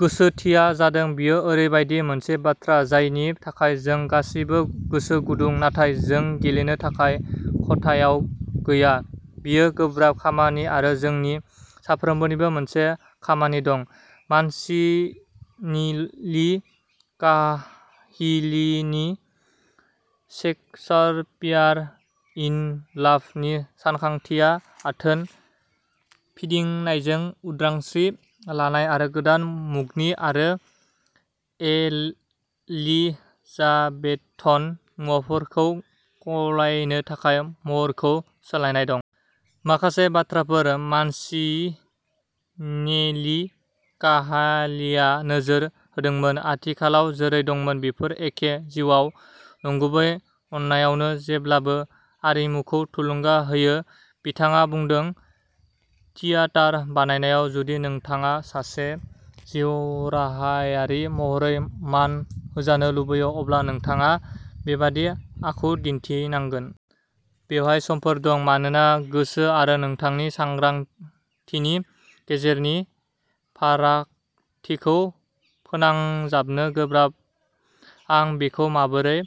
गोसोथिआ जादों बेयो ओरैबायदि मोनसे बाथ्रा जायनि थाखाय जों गासैबो गोसो गुदुं, नाथाय जों गेलेनो थाखाय खथायाव गैया। बेयो गोब्राब खामानि आरो जोंनि साफ्रोमनिबो मोनसे खामानि दं। 'मानसिनेलि-काहिलनि" शेक्सपियार इन लाभ " नि सानखांथियाव आथोन फिदिंनायजों उदांस्रि लानाय आरो गोदान मुगनि आरो एलिजाबेथन महरखौ गलायनो थाखाय महरखौ सोलायनाय दं। माखासे बाथ्राफोर, मानसिनेलि-काहिलआ नोजोर होदोंमोन, आथिखालाव जेरै दंमोन बेफोर एखे। जिउआव नंगुबै अननायानो जेब्लाबो आरिमुखौ थुलुंगा होयो। बिथाङा बुंदोंमोन थियेटार बानायनायाव जुदि नोंथाङा सासे जिउराहायारि महरै मान होजानो लुगैयो, अब्ला नोंथाङा बेबादि आखु दिन्थिनांगोन। बेयाव समफोर दं मानोना गोसो आरो नोंथांनि सांग्रांथिनि गेजेरनि फारागथिखौ फोनांजाबनो गोब्राब। आं बेखौ माबोरै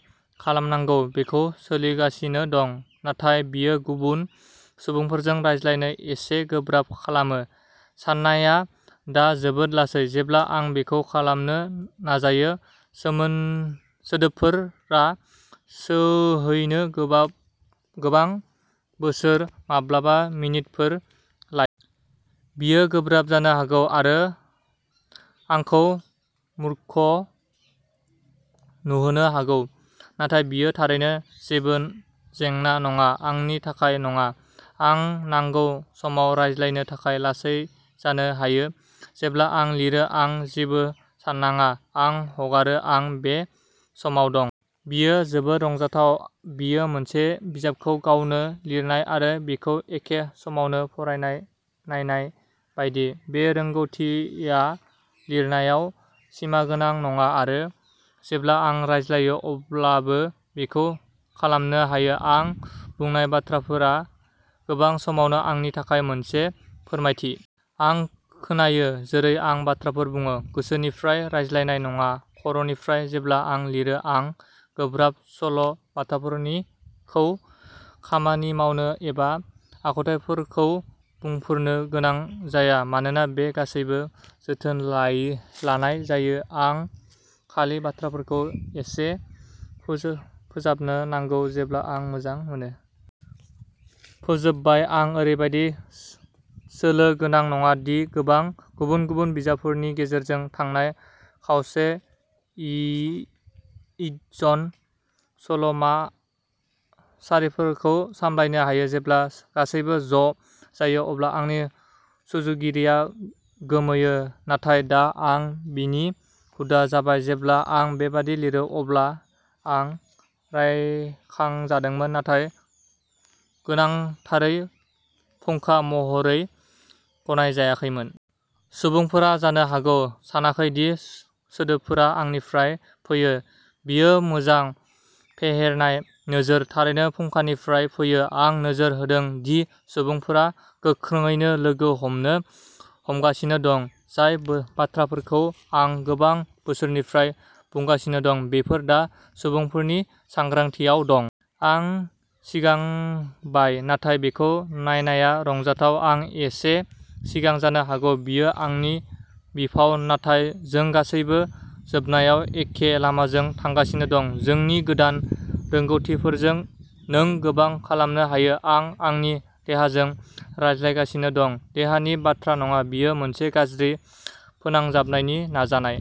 खालामनांगौ बेखौ सोलोंगासिनो दं नाथाय बेयो गुबुन सुबुंफोरजों रायज्लायनो एसे गोब्राब खालामो। साननाया दा जोबोद लासै। जेब्ला आं बेखौ खालामनो नाजायो सोमोन सोदोबफोरा सौहैनो गोबाब गोबां बोसोर, माब्लाबा मिनिटफोर लायो। बेयो गोब्राब जानो हागौ आरो आंखौ मूर्ख नुहोनो हागौ नाथाय बेयो थारैनो जेबो जेंना नङा, आंनि थाखाय नङा। आं नांगौ समाव रायज्लायनो थाखाय लासै जानो हायो। जेब्ला आं लिरो आं जेबो साननाङा, आं हगारो आं बे समाव दं। बेयो जोबोद रंजाथाव, बेयो मोनसे बिजाबखौ गावनो लिरनाय आरो बेखौ एखे समावनो फरायनाय नायनाय बायदि। बे रोंग'थिआ लिरनायावल' सिमागोनां नङा आरो जेब्ला आं रायज्लायो अब्लाबो बेखौ खालामनो हायो। आं बुंनाय बाथ्राफोरा गोबां समावनो आंनि थाखाय मोनसे फोरमायथि। आं खोनायो जेरै आं बाथ्राफोर बुङो। गोसोनिफ्राय रायज्लायनाय नङा, खर'निफ्राय। जेब्ला आं लिरो आं गोब्राब सल'बाथाफोरनिखौ खामानि मावनो एबा आखुथाइफोरखौ बुंफोरनो गोनां जाया मानोना बे गासैबो जोथोन लायो लानाय जायो। आं खालि बाथ्राफोरखौ एसे फोजो फोसाबनो नांगौ जेब्ला आं मोजां मोनो। फोजोबबाय। आं ओरैबायदि सोलो गोनां नङा दि गोबां गुबुन-गुबुन बिजाबफोरनि गेजेरजों थांनाय खावसे इ इडजन सल'मा सारिफोरखौ सामलायनो हायो। जेब्ला गासैबो ज' जायो अब्ला आंनि सुजुगिरिया गोमोयो, नाथाय दा आं बेनि हुदा जाबाय। जेब्ला आं बेबादि लिरो, अब्ला आं रायखांजादोंमोन, नाथाय गोनांथारै फुंखा महरै गनायजायाखैमोन। सुबुंफोरा जानो हागौ सानाखै दि सोदोबफोरा आंनिफ्राय फैयो। बेयो मोजां, फेहेरनाय नोजोर थारैनो फुंखानिफ्राय फैयो। आं नोजोर होदों दि सुबुंफोरा गोख्रैनो लोगो हमनो हमगासिनो दं। जाय बाथ्राफोरखौ आं गोबां बोसोरनिफ्राय बुंगासिनो दं, बेफोर दा सुबुंफोरनि सांग्रांथियाव दं। आं सिगांबाय नाथाय बेखौ नायनाया रंजाथाव। आं एसे सिगां जानो हागौ, बेयो आंनि बिफाव नाथाय जों गासैबो जोबनायाव एखे लामाजों थांगासिनो दं। जोंनि गोदान रोंग'थिफोरजों नों गोबां खालामनो हायो। आं आंनि देहाजों रायज्लायगासिनो दं। देहानि बाथ्रा नङा, बेयो मोनसे गाज्रि फोनांजाबनायनि नाजानाय।